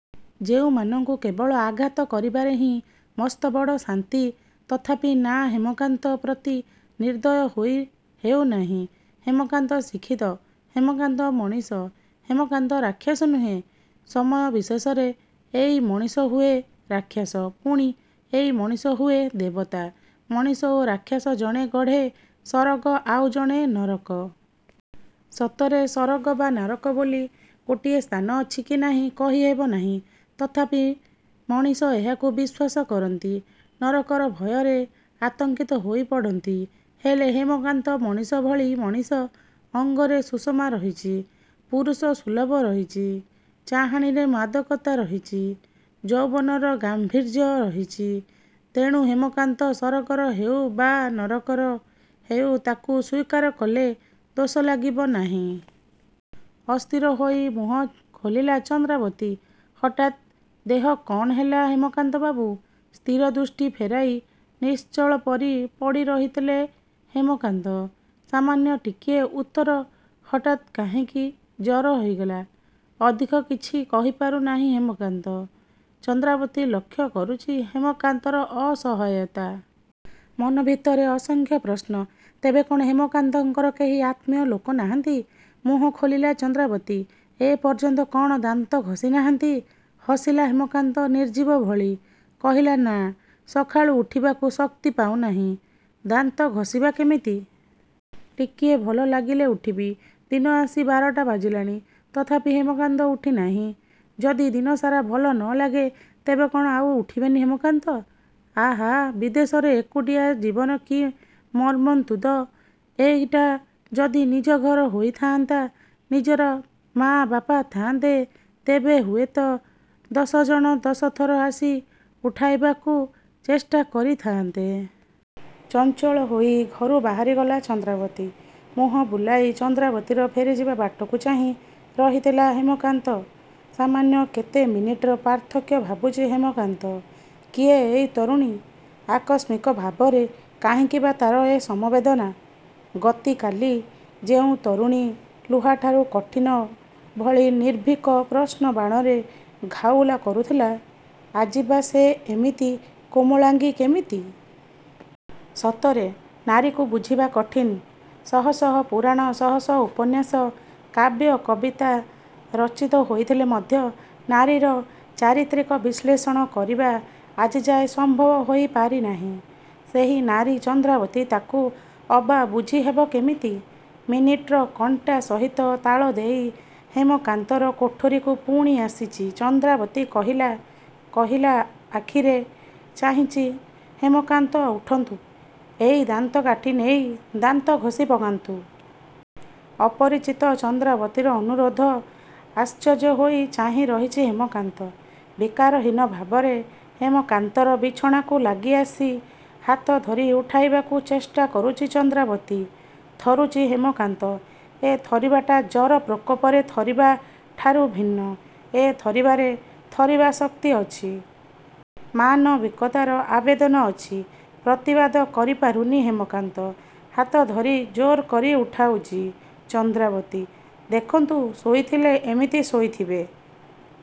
ଯେଉଁମାନଙ୍କୁ କେବଳ ଆଘାତ କରିବାରେ ହିଁ ମସ୍ତବଡ଼ ଶାନ୍ତି, ତଥାପି ନାଁ ହେମକାନ୍ତ ପ୍ରତି ନିର୍ଦୟ ହୋଇ ହେଉନାହିଁ। ହେମକାନ୍ତ ଶିକ୍ଷିତ, ହେମକାନ୍ତ ମଣିଷ, ହେମକାନ୍ତ ରାକ୍ଷସ ନୁହେଁ। ସମୟ ବିଶେଷରେଏଇ ମଣିଷ ହୁଏ ରାକ୍ଷସ, ପୁଣି ଏଇ ମଣିଷ ହୁଏ ଦେବତା। ମଣିଷ ଓ ରାକ୍ଷସ ଜଣେ ଗଢ଼େ ସରଗ ଆଉ ଜଣେ ନରକ। ସତରେ ସରଗ ବା ନରକ ବୋଲି ଗୋଟିଏ ସ୍ଥାନ ଅଛି କି ନାହିଁ କହି ହେବନାହିଁ। ତଥାପି ମଣିଷ ଏହାକୁ ବିଶ୍ୱାସ କରନ୍ତି। ନରକର ଭୟରେ ଆତଙ୍କିତ ହୋଇ ପଡ଼ନ୍ତି। ହେଲେ ହେମକାନ୍ତ ମଣିଷ ଭଳି ମଣିଷ, ଅଙ୍ଗରେ ସୁଷମା ରହିଛି, ପୁରୁଷ ସୁଲଭ ରହିଛି, ଚାହାଣୀରେ ମାଦକତା ରହିଛି, ଯୌବନର ଗାମ୍ଭୀର୍ଯ୍ୟ ରିହିଛି, ତେଣୁ ହେମକାନ୍ତ ସରଗର ହେଉ ବା ନରକର ହେଉ ତାକୁ ସ୍ୱୀକାର କଲେ ଦୋଷ ଲାଗିବ ନାହିଁ। ଅସ୍ଥିର ହୋଇ ମୁହଁ ଖୋଲିଲା ଚନ୍ଦ୍ରାବତୀ, ''ହଠାତ୍ ଦେହ କ'ଣ ହେଲା ହେମକାନ୍ତ ବାବୁ? ସ୍ଥିର ଦୃଷ୍ଟି ଫେରାଇ ନିଶ୍ଚଳ ପରି ପଡ଼ି ରହିଥିଲେ ହେମକାନ୍ତ ସାମାନ୍ୟ ଟିକିଏ ଉତ୍ତର''ହଠାତ୍ କାହିଁକି ଜର ହୋଇଗଲା । ଅଧିକ କିଛି କହିପାରୁ ନାହିଁ ହେମକାନ୍ତ। ଚନ୍ଦ୍ରାବତୀ ଲକ୍ଷ୍ୟ କରୁଛି ହେମକାନ୍ତର ଅସହାୟତା। ମନଭିତରେ ଅସଂଖ୍ୟ ପ୍ରଶ୍ନ, ତେବେ କ'ଣ ହେମାକନ୍ତଙ୍କର କେହି ଆତ୍ମୀୟ ଲୋକ ନାହାନ୍ତି? ମୁହଁ ଖୋଲିଲା ଚନ୍ଦ୍ରାବତୀ ''ଏ ପର୍ଯ୍ୟନ୍ତ କ'ଣ ଦାନ୍ତ ଘଷି ନାହାଁନ୍ତି? '' ହସିଲା ହେମକାନ୍ତ ନିର୍ଜୀବ ଭଳି। କହିଲା 'ନାଁ ସକାଳୁ ଉଠିବାକୁ ଶକ୍ତି ପାଉନାହିଁ। ଦାନ୍ତ ଘଷିବା କେମିତି? ଟିକେ ଭଲ ଲାଗିଲେ ଉଠିବି। '' ଦିନ ଆସି ବାରଟା ବାଜିଲାଣି, ତଥାପି ହେମକାନ୍ତ ଉଠିନାହିଁ। ଯଦି ଦିନସାରା ଭଲ ନ ଲାଗେ, ତେବେ କ'ଣ ଆଉ ଉଠିବେନି ହେମକାନ୍ତ? ଆହା! ବିଦେଶରେ ଏକୁଟିଆ ଜୀବନ କି ମର୍ମନ୍ତୁଦ। ଏଇଟା ଯଦି ନିଜ ଘର ହୋଇ ଥାଆନ୍ତା, ନିଜର ମାଆ ବାପା ଥାଆନ୍ତେ, ତେବେ ହୁଏତ ଦଶ ଜଣ ଦଶ ଥର ଆସି ଉଠାଇବାକୁ ଚେଷ୍ଟା କରି ଥାଆନ୍ତେ। ଚଞ୍ଚଳ ହୋଇ ଘରୁ ବାହାରିଗଲା ଚନ୍ଦ୍ରାବତୀ। ମୁହଁ ବୁଲାଇ ଚନ୍ଦ୍ରାବତୀର ଫେରିଯିବା ବାଟକୁ ଚାହିଁ ରହିଥିଲା ହେମକାନ୍ତ ସାମାନ୍ୟ କେତେ ମିନିଟ୍ର ପାର୍ଥକ୍ୟ ଭାବୁଛି ହେମକାନ୍ତ। କିଏ ଏଇ ତରୁଣୀ? ଆକସ୍ମିକ ଭାବରେ କାହିଁକି ବା ତା'ର ଏ ସମବେଦନା? ଗତି କାଲି ଯେଉଁ ତରୁଣୀ ଲୁହାଠାରୁ କଠିନ ଭଳି ନିର୍ଭିକ ପ୍ରଶ୍ନବାଣରେ ଘାଉଲା କରୁଥିଲା, ଆଜି ବା ସେ ଏମିତି କୋମଳାଙ୍ଗୀ କେମିତି? ସତରେ, ନାରୀକୁ ବୁଝିବା କଠିନ୍। ଶହ ଶହ ପୁରାଣ, ଶହ ଶହ ଉପନ୍ୟାସ,. କାବ୍ୟ, କବିତା, ରଚିତ ହୋଇଥିଲେ ମଧ୍ୟ ନାରୀର ଚାରିତ୍ରିକ ବିଶ୍ଳେଷଣ କରିବା ଆଜିଯାଏ ସମ୍ଭବ ହୋଇ ପାରିନାହିଁ। ସେହି ନାରୀ ଚନ୍ଦ୍ରାବତୀ ତାକୁ ଅବା ବୁଝି ହେବ କେମିତି? ମିନିଟ୍ର କଣ୍ଟା ସହିତ ତାଳ ଦେଇ ହେମକାନ୍ତର କୋଠରୀକୁ ପୁଣି ଆସିଛି ,ଚନ୍ଦ୍ରାବତୀ କହିଲା କହିଲା ଆଖିରେ ଚାହିଁଛି ହେମକାନ୍ତ''ଉଠନ୍ତୁ, ଏଇ ଦାନ୍ତକାଠି ନେଇ ଦାନ୍ତ ଘଷି ପକାନ୍ତୁ। '' ଅପରିଚିତ ଚନ୍ଦ୍ରାବତୀର ଅନୁରୋଧ। ଆଶ୍ଚର୍ଯ୍ୟ ହୋଇ ଚାହିଁରହିଛି ହେମକାନ୍ତ। ବିକାରହୀନ ଭାବରେ ହେମକାନ୍ତର ବିଛଣାକୁ ଲାଗି ଆସି ହାତ ଧରି ଉଠାଇବାକୁ ଚେଷ୍ଟା କରୁଛି ଚନ୍ଦ୍ରାବତୀ। ଥରୁଛି ହେମକାନ୍ତ। ଏ ଥରିବାଟା ଜର ପ୍ରକୋପରେ ଥରିବା ଠାରୁ ଭିନ୍ନ। ଏ ଥରିବାରେ ଥରିବା ଶକ୍ତି ଅଛି। ମାନବିକତାର ଆବେଦନ ଅଛି। ପ୍ରତିବାଦ କରି ପାରୁନି ହେମକାନ୍ତ। ହାତ ଧରି ଜୋରକରି ଉଠାଉଛି ଚନ୍ଦ୍ରାବତୀ। ''ଦେଖନ୍ତୁ, ଶୋଇଥିଲେ ଏମିତି ଶୋଇଥିବେ।